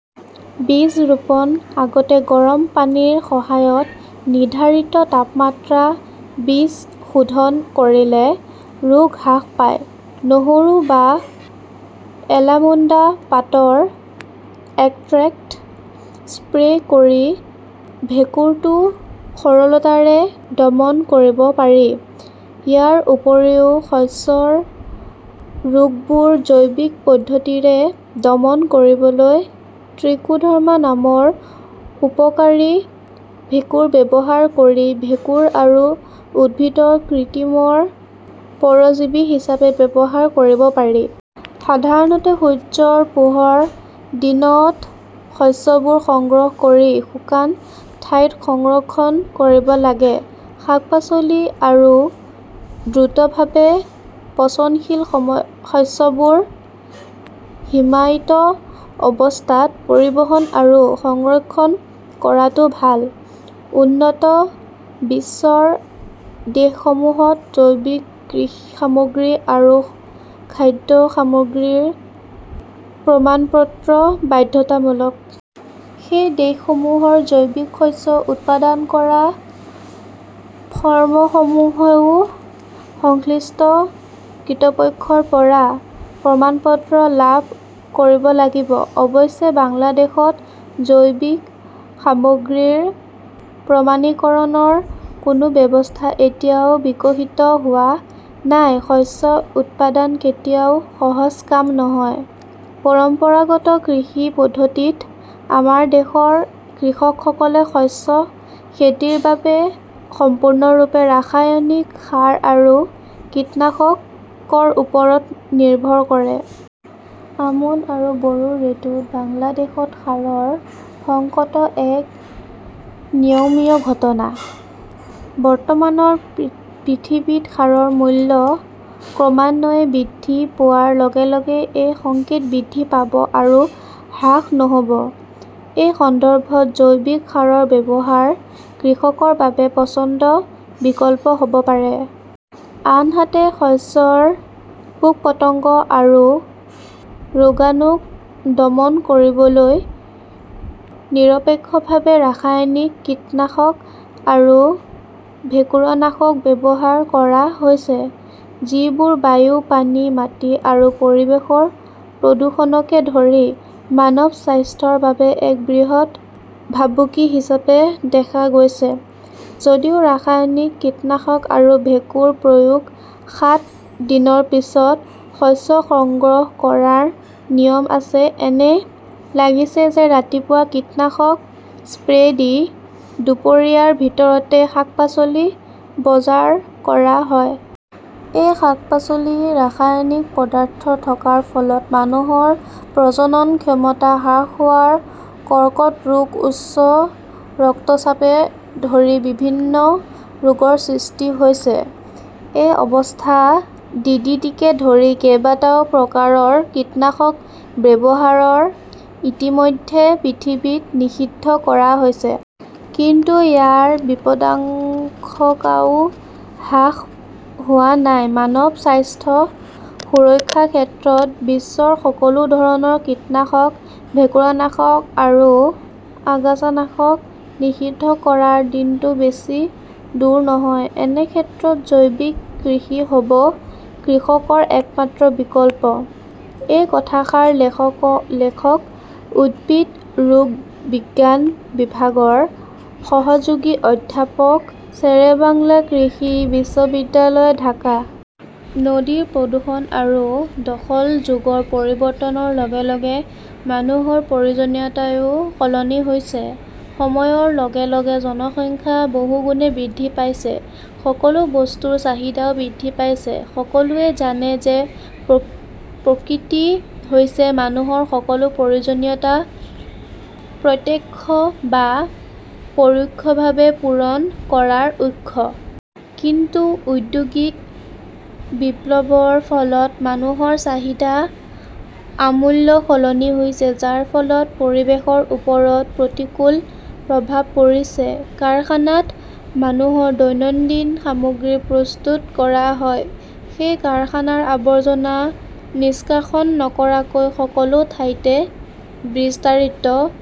বীজ ৰোপণৰ আগতে গৰম পানীৰ সহায়ত নিৰ্ধাৰিত তাপমাত্ৰাত বীজ শোধন কৰিলে ৰোগ হ্ৰাস পায়। নহৰু বা এলামুণ্ডা পাতৰ এষ্ট্ৰেক্ট স্প্ৰে কৰি ভেঁকুৰটো সফলতাৰে দমন কৰিব পাৰি। ইয়াৰ উপৰিও শস্যৰ ৰোগবোৰ জৈৱিক পদ্ধতিৰে দমন কৰিবলৈ ত্ৰিকোডাৰ্মা নামৰ উপকাৰী ভেঁকুৰ ব্যৱহাৰ কৰি ভেঁকুৰ আৰু উদ্ভিদৰ কৃমিৰ পৰজীৱী হিচাপে ব্যৱহাৰ কৰিব পাৰি। সাধাৰণতে সূৰ্যৰ পোহৰ দিনত শস্যবোৰ সংগ্ৰহ কৰি শুকান ঠাইত সংৰক্ষণ কৰিব লাগে। শাক-পাচলি আৰু দ্ৰুতভাৱে পচনশীল শস্যবোৰ হিমায়িত অৱস্থাত পৰিবহণ আৰু সংৰক্ষণ কৰাটো ভাল। উন্নত বিশ্বৰ দেশসমূহত জৈৱিক কৃষি সামগ্ৰী আৰু খাদ্য সামগ্ৰীৰ প্ৰমাণপত্ৰ বাধ্যতামূলক। সেই দেশসমূহৰ জৈৱিক শস্য উৎপাদন কৰা ফাৰ্মসমূহেও সংশ্লিষ্ট কৰ্তৃপক্ষৰ পৰা প্ৰমাণপত্ৰ লাভ কৰিব লাগিব। অৱশ্যে, বাংলাদেশত জৈৱিক সামগ্ৰীৰ প্ৰমাণীকৰণৰ কোনো ব্যৱস্থা এতিয়াও বিকশিত হোৱা নাই। শস্য উৎপাদন কেতিয়াও সহজ কাম নহয়। পৰম্পৰাগত কৃষি পদ্ধতিত, আমাৰ দেশৰ কৃষকসকলে শস্য খেতিৰ বাবে সম্পূৰ্ণৰূপে ৰাসায়নিক সাৰ আৰু কীটনাশকৰ ওপৰত নিৰ্ভৰ কৰে। আমোন আৰু বৰো ঋতুত বাংলাদেশত সাৰৰ সংকট এক নিয়মীয়া ঘটনা। বৰ্তমানৰ পৃথিৱীত সাৰৰ মূল্য ক্ৰমান্বয়ে বৃদ্ধি পোৱাৰ লগে লগে এই সংকট বৃদ্ধি পাব আৰু হ্ৰাস নহ'ব। এই সন্দৰ্ভত জৈৱিক সাৰৰ ব্যৱহাৰ কৃষকৰ বাবে পছন্দৰ বিকল্প হ'ব পাৰে। আনহাতে, শস্যৰ পোক-পতংগ আৰু ৰোগাণুক দমন কৰিবলৈ নিৰপেক্ষভাৱে ৰাসায়নিক কীটনাশক আৰু ভেঁকুৰনাশক ব্যৱহাৰ কৰা হৈছে, যিবোৰ বায়ু, পানী, মাটি আৰু পৰিৱেশৰ প্ৰদূষণকে ধৰি মানৱ স্বাস্থ্যৰ বাবে এক বৃহৎ ভাবুকি হিচাপে দেখা গৈছে। যদিও ৰাসায়নিক কীটনাশক আৰু ভেঁকুৰ প্ৰয়োগৰ সাত দিনৰ পিছত শস্য সংগ্ৰহ কৰাৰ নিয়ম আছে, এনে লাগিছে যে ৰাতিপুৱা কীটনাশক স্প্ৰে কৰি দুপৰীয়াৰ ভিতৰতে শাক-পাচলি বজাৰ কৰা হয়। এই শাক-পাচলিৰ ৰাসায়নিক পদাৰ্থ থকাৰ ফলত মানুহৰ প্ৰজনন ক্ষমতা হ্ৰাস হোৱা, কৰ্কট ৰোগ, উচ্চ ৰক্তচাপকে ধৰি বিভিন্ন ৰোগৰ সৃষ্টি হৈছে। এই অৱস্থাত ডিডিটিকে ধৰি কেইবাটাও প্ৰকাৰৰ কীটনাশক ব্যৱহাৰ ইতিমধ্যে পৃথিৱীত নিষিদ্ধ কৰা হৈছে। কিন্তু ইয়াৰ বিপদাশংকাও হ্ৰাস হোৱা নাই। মানৱ স্বাস্থ্য সুৰক্ষাৰ ক্ষেত্ৰত বিশ্বৰ সকলো ধৰণৰ কীটনাশক, ভেঁকুৰনাশক আৰু আগাছানাশক নিষিদ্ধ কৰাৰ দিনটো বেছি দূৰ নহয়। এনে ক্ষেত্ৰত জৈৱিক কৃষি হ'ব কৃষকৰ একমাত্ৰ বিকল্প । -এই কথাষাৰ লেখক উদ্ভিদ ৰোগ বিজ্ঞান বিভাগৰ সহযোগী অধ্যাপক শ্বেৰেবাংলা কৃষি বিশ্ববিদ্যালয়, ঢাকা । নদীৰ প্ৰদূষণ আৰু দখল যুগৰ পৰিৱৰ্তনৰ লগে লগে মানুহৰ প্ৰয়োজনীয়তাও সলনি হৈছে। সময়ৰ লগে লগে জনসংখ্যা বহুগুণে বৃদ্ধি পাইছে। সকলো বস্তুৰ চাহিদাও বৃদ্ধি পাইছে। সকলোৱে জানে যে প্ৰকৃতি হৈছে মানুহৰ সকলো প্ৰয়োজনীয়তা প্ৰত্যক্ষ বা প্ৰৰোক্ষভাৱে পূৰণ কৰাৰ উৎস। কিন্তু ঔদ্যোগিক বিপ্লৱৰ ফলত মানুহৰ চাহিদা আমূল সলনি হৈছে, যাৰ ফলত পৰিৱেশৰ ওপৰত প্ৰতিকূল প্ৰভাৱ পৰিছে। কাৰখানাত মানুহৰ দৈনন্দিন সামগ্ৰী প্ৰস্তুত কৰা হয়। সেই কাৰখানাৰ আৱৰ্জনা নিষ্কাশন নকৰাকৈ সকলো ঠাইতে বিস্তাৰিত